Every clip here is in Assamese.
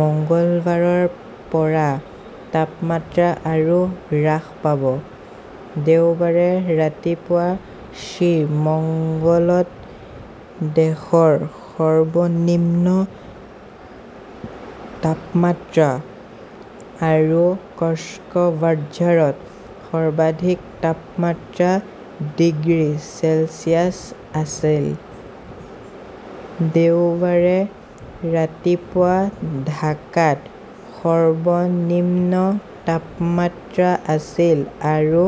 মঙলবাৰৰ পৰা তাপমাত্ৰা আৰু হ্ৰাস পাব। দেওবাৰে ৰাতিপুৱা শ্ৰীমঙ্গলত দেশৰ সৰ্বনিম্ন তাপমাত্ৰা আৰু কক্সবাঝাৰত সৰ্বাধিক তাপমাত্ৰা ডিগ্ৰী চেলছিয়াছ আছিল। দেওবাৰে ৰাতিপুৱা ঢাকাত সৰ্বনিম্ন তাপমাত্ৰা আছিল আৰু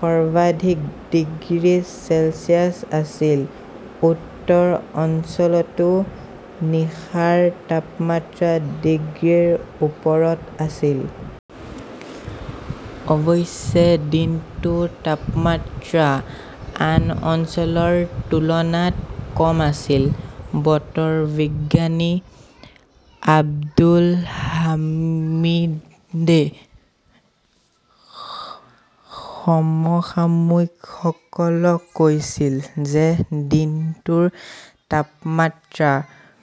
সৰ্বাধিক ডিগ্ৰী চেলছিয়াছ আছিল। উত্তৰ অঞ্চলতো নিশাৰ তাপমাত্ৰা ডিগ্ৰীৰ ওপৰত আছিল। অৱশ্যে দিনটোৰ তাপমাত্ৰা আন অঞ্চলৰ তুলনাত কম আছিল। বতৰ বিজ্ঞানী আব্দুল হামিদই সমসাময়িকসকলক কৈছিল যে দিনটোৰ তাপমাত্ৰা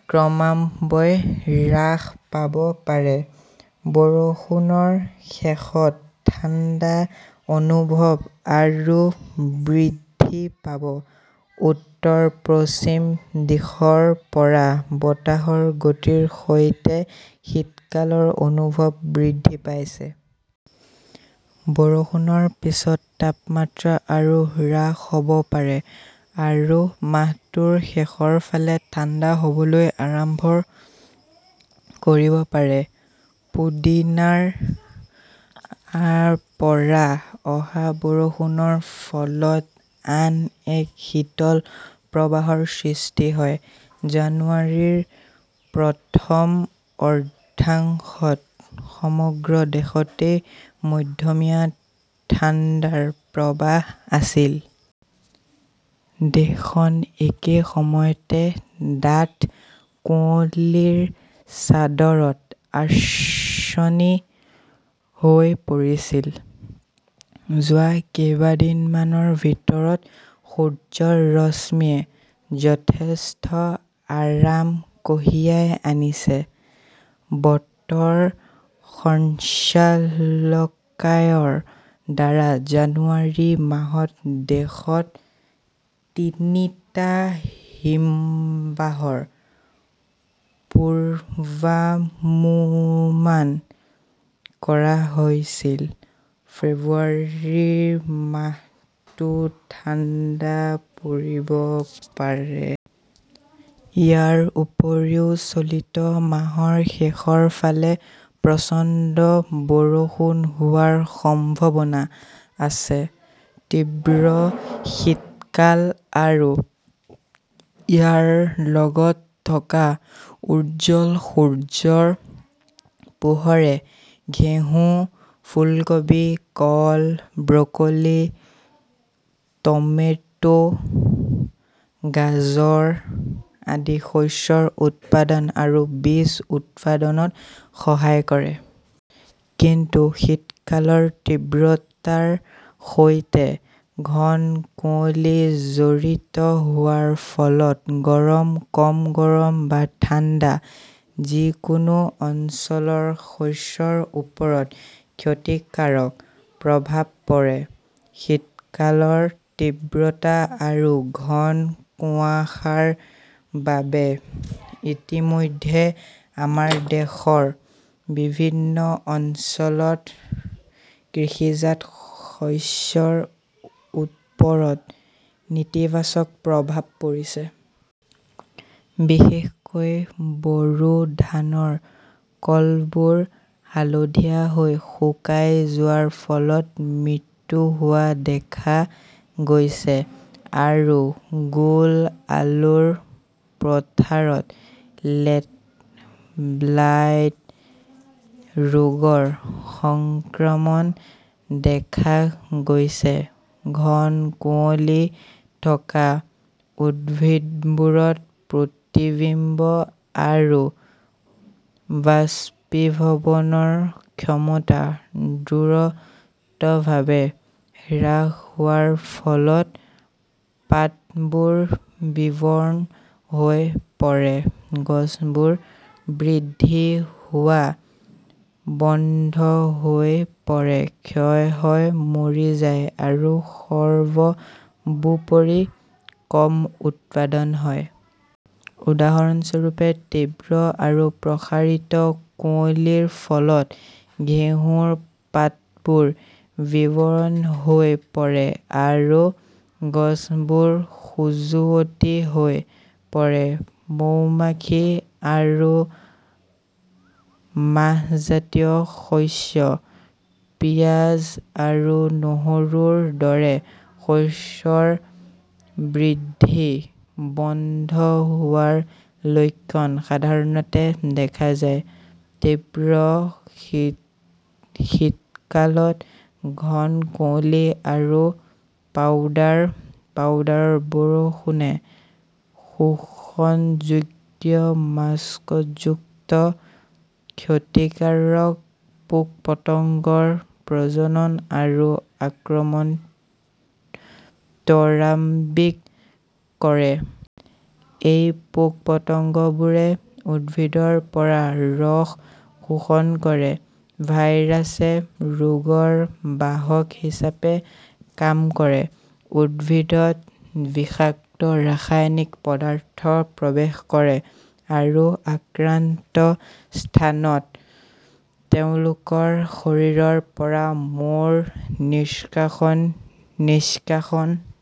ক্ৰমান্বয়ে হ্ৰাস পাব পাৰে। বৰষুণৰ শেষত ঠাণ্ডা অনুভৱ আৰু বৃদ্ধি পাব। উত্তৰ-পশ্চিম দিশৰ পৰা বতাহৰ গতিৰ সৈতে শীতকালৰ অনুভৱ বৃদ্ধি পাইছে। বৰষুণৰ পিছত তাপমাত্ৰা আৰু হ্ৰাস হ "ব পাৰে আৰু মাহটোৰ শেষৰ ফালে ঠাণ্ডা হ" বলৈ আৰম্ভ কৰিব পাৰে। পুদিনাৰ পৰা অহা বৰষুণৰ ফলত আন এক শীতল প্ৰবাহৰ সৃষ্টি হয়। জানুৱাৰীৰ প্ৰথম অৰ্ধাংশত সমগ্ৰ দেশতে মধ্যমীয়া ঠাণ্ডাৰ প্ৰৱাহ আছিল। দেশখন একে সময়তে ডাঠ কুঁৱলীৰ চাদৰত আচ্ছন্ন হৈ পৰিছিল। যোৱা কেইদিনমানৰ ভিতৰত সূৰ্যৰ ৰশ্মিয়ে যথেষ্ট আৰাম কঢ়িয়াই আনিছে। বতৰ সঞ্চালকালয়ৰ দ্বাৰা জানুৱাৰী মাহত দেশত তিনিটা হিমবাহৰ পূৰ্বানুমান কৰা হৈছিল। ফেব্ৰুৱাৰী মাহতো ঠাণ্ডা পৰিব পাৰে। ইয়াৰ উপৰিও চলিত মাহৰ শেষৰ ফালে প্ৰচণ্ড বৰষুণ হোৱাৰ সম্ভাৱনা আছে। তীব্ৰ শীতকাল আৰু ইয়াৰ লগত থকা উজ্জ্বল সূৰ্যৰ পোহৰে ঘেঁহু, ফুলকপি, কল, ব্ৰকলি, টমেটো, গাজৰ আদি শস্যৰ উৎপাদন আৰু বীজ উৎপাদনত সহায় কৰে। কিন্তু শীতকালৰ তীব্ৰতাৰ সৈতে ঘন কুঁৱলী জড়িত হোৱাৰ ফলত গৰম, কম গৰম বা ঠাণ্ডা যিকোনো অঞ্চলৰ শস্যৰ ওপৰত ক্ষতিকাৰক প্ৰভাৱ পৰে। শীতকালৰ তীব্ৰতা আৰু ঘন কুয়াশাৰ বাবে ইতিমধ্যে আমাৰ দেশৰ বিভিন্ন অঞ্চলত কৃষিজাত শস্যৰ ওপৰত নেতিবাচক প্ৰভাৱ পৰিছে। বিশেষকৈ, বৰো ধানৰ কলবোৰ হালধীয়া হৈ শুকাই যোৱাৰ ফলত মৃত্যু হোৱা দেখা গৈছে আৰু গোল আলুৰ পথাৰত লেট ব্লাইট ৰোগৰ সংক্ৰমণ দেখা গৈছে। ঘন কুঁৱলী থকা উদ্ভিদবোৰত প্ৰতিবিম্ব আৰু বাষ্পীভৱনৰ ক্ষমতা দ্ৰুতভাৱে হ্ৰাস হোৱাৰ ফলত পাতবোৰ বিবৰ্ণ হৈ পৰে, গছবোৰ বৃদ্ধি হোৱা বন্ধ হৈ পৰে, ক্ষয় হয়, মৰি যায় আৰু সৰ্বোপৰি কম উৎপাদন হয়। উদাহৰণস্বৰূপে, তীব্ৰ আৰু প্ৰসাৰিত কুঁৱলীৰ ফলত ঘেঁহুৰ পাতবোৰ বিবৰ্ণ হৈ পৰে আৰু গছবোৰ খজুৱতি হৈ পৰে। মৌমাখি আৰু মাহজাতীয় শস্য, পিয়াজ আৰু নহৰুৰ দৰে শস্যৰ বৃদ্ধি বন্ধ হোৱাৰ লক্ষণ সাধাৰণতে দেখা যায়। তীব্ৰ শীতকালত ঘন কুঁৱলী আৰু পাউডাৰ পাউডাৰৰ বৰষুণে শোষণযোগ্য মাস্কযুক্ত ক্ষতিকাৰক পোক-পতংগৰ প্ৰজনন আৰু আক্ৰমণ ত্বৰান্বিত কৰে। এই পোক-পতংগবোৰে উদ্ভিদৰ পৰা ৰস শোষণ কৰে, ভাইৰাছে ৰোগৰ বাহক হিচাপে কাম কৰে, উদ্ভিদত বিষাক্ত ৰাসায়নিক পদাৰ্থ প্ৰৱেশ কৰে, আৰু আক্ৰান্ত স্থানত তেওঁলোকৰ শৰীৰৰ পৰা মৌৰ নিষ্কাশন নিষ্কাশন